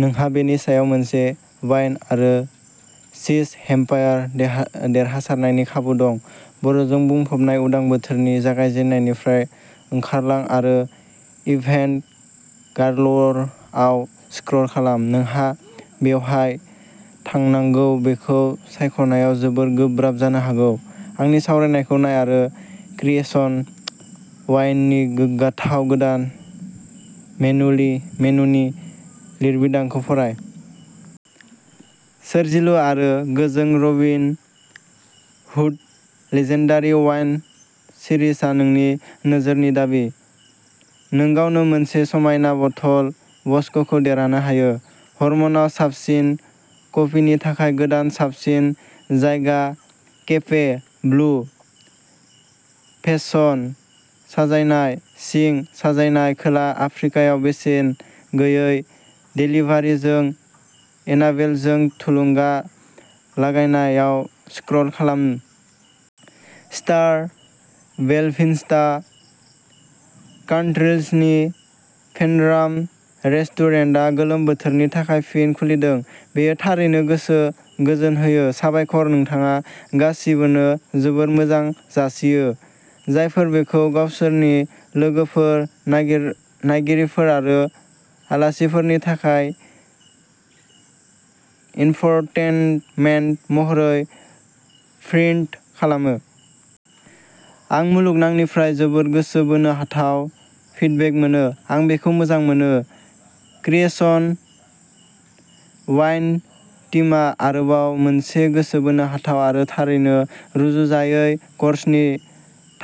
नोंहा नि बेसेनाव मोनसे वाइन आरो चिज हेम्पार देरहानायनि खाबु दं! बरफजों बुंफबनाय उदां बोथोरनि जागायजेन्नायनिफ्राय ओंखारलां आरो इभेन्ट गाल'रआव स्क्रल खालाम। नोंहा बबेयाव थांनांगौ बेखौ सायख'नायाव जोबोद गोब्राब जानो हागौ! आंनि सावगारिफोरखौ नाय आरो क्रिएशन वाइननि गोग्गाथाव गोदान मेनुनि लिरबिदांखौ फराय। सोरजिलु आरो गोजों रबिन हुड लिजेन्डारि वाइन सिरिजआ नोंनि नोजोरनि दाबि। नोंगावनो मोनसे समायना बथल बक्सखौ देरहाहोनो हायो। हर्मनसआव साबसिन कफिनि थाखाय गोदान साबसिन जायगा-केफे ब्लु। फेसन, साजायनाय, सिं साजायनाय, खोला आफ्रिकायाव बेसेन गैयै देलिभारिजों एनाबेलजों थुलुंगा लागाहायाव स्क्रल खालाम! स्टार बेलभिस्टा कान्ट्रि ल'जनि पेन'रामा रेस्टुरेन्टआ गोलोम बोथोरनि थाखाय फिन खुलिदों। बेयो थारैनो गोसोखौ गोजोन होयो। साबायखर। नोंथाङा गासिबोनो जोबोद मोजां जासियो, जायफोरा बेखौ गावसोरनि लोगोफोर, नायगिरिफोर आरो आलासिफोरनि थाखाय इनफ'टेनमेन्ट महरै प्रिन्ट खालामो! -आं मुलुगनाङैनिफ्राय जोबोद गोसो बोनो हाथाव फिडबेक मोनो! आं बेखौ मोजां मोनो! क्रिएशन्स वाइन टीमआ आरोबाव मोनसे गोसो बोनो हाथाव आरो थारैनो रुजुजायै -क'र्सनि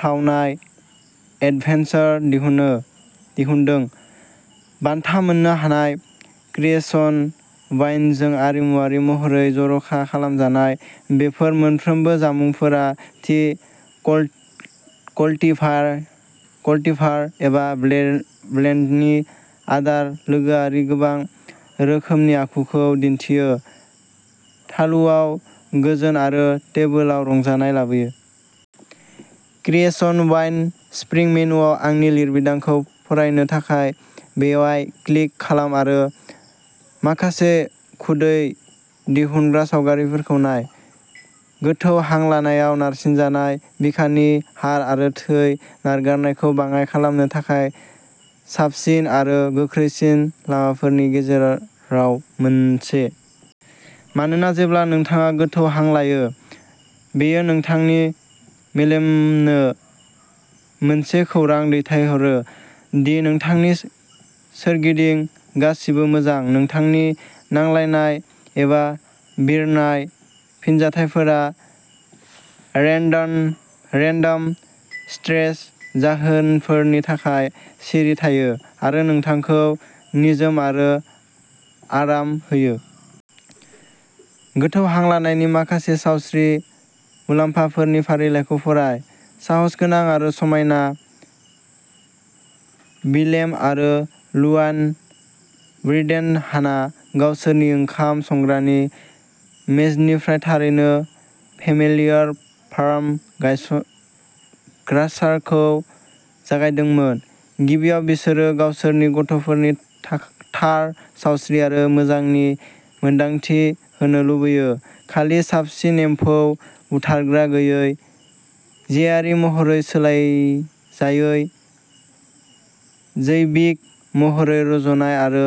थावनाय एडभेन्सार दिहुनदों। बान्था मोन्नो हानाय क्रिएशन वाइनजों आरिमुआरि महरै ज'खालामजानाय, बेफोर मोनफ्रोमबो जामुंफोरा थि कल्टिभार एबा ब्लेन्डनि आदार-लोगोआरि, गोबां रोखोमनि आखुखौ दिन्थियो-थालुआव गोजोन आरो टेबोलाव रंजानाय लाबोयो। क्रिएशन वाइन स्प्रिं मेनुआव आंनि लिरबिदांखौ फरायनो थाखाय बेयाव क्लिक खालाम आरो माखासे खुदै दिहुनग्रा सावगारिफोरखौ नाय। गोथौ हां लानायआ नारसिननाय, बिखानि हार आरो थै नारथायखौ बाङाइ खालामनो थाखाय साबसिन आरो गोख्रैसिन लामाफोरनि गेजेराव मोनसे। मानोना जेब्ला नोंथाङा गोथौ हां लायो, बेयो नोंथांनि मेलेमनो मोनसे खौरां दैथायहरो दि नोंथांनि सोरगिदिं गासिबो मोजां। नोंथांनि नांलायनाय एबा बिरनाय फिनजाथायफोरा रेन्डम स्ट्रेस जाहोनफोरनि थाखाय सिरि थायो। आरो नोंखौ निजोम आरो आराम होयो। गोथौ हां लानायनि माखासे सावस्रि मुलाम्फाफोरनि फारिलाइखौ फराय। साहसगोनां आरो समायना विलेम आरो लुआन ब्रिडेनहाना गावसोरनि ओंखाम संग्रानि मेजनिफ्राय थारैनो फेमिलियर फार्म ग्रसारखौ जागायदोंमोन। गिबियाव बिसोरो गावसोरनि गथ'फोरखौ थार सावस्रि आरो मोजांनि मोन्दांथि होनो लुगैयो, खालि साबसिन, एम्फौ बुथारग्रा-गैयै, जिनारि महरै सोलायजायै, जैबिक महरै रज'नाय आरो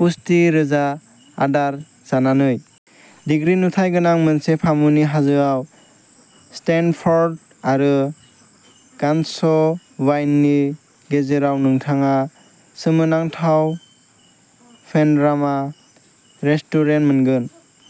पुष्टि-रोजा आदार जानानै। दिग्रि नुथाय गोनां मोनसे फामुनि हाजोआव, स्टेनफ'र्ड आरो गानसबाइनि गेजेराव, नोंथाङा सोमोनांथाव पेन'रामा रेस्टुरेन्ट मोनगोन।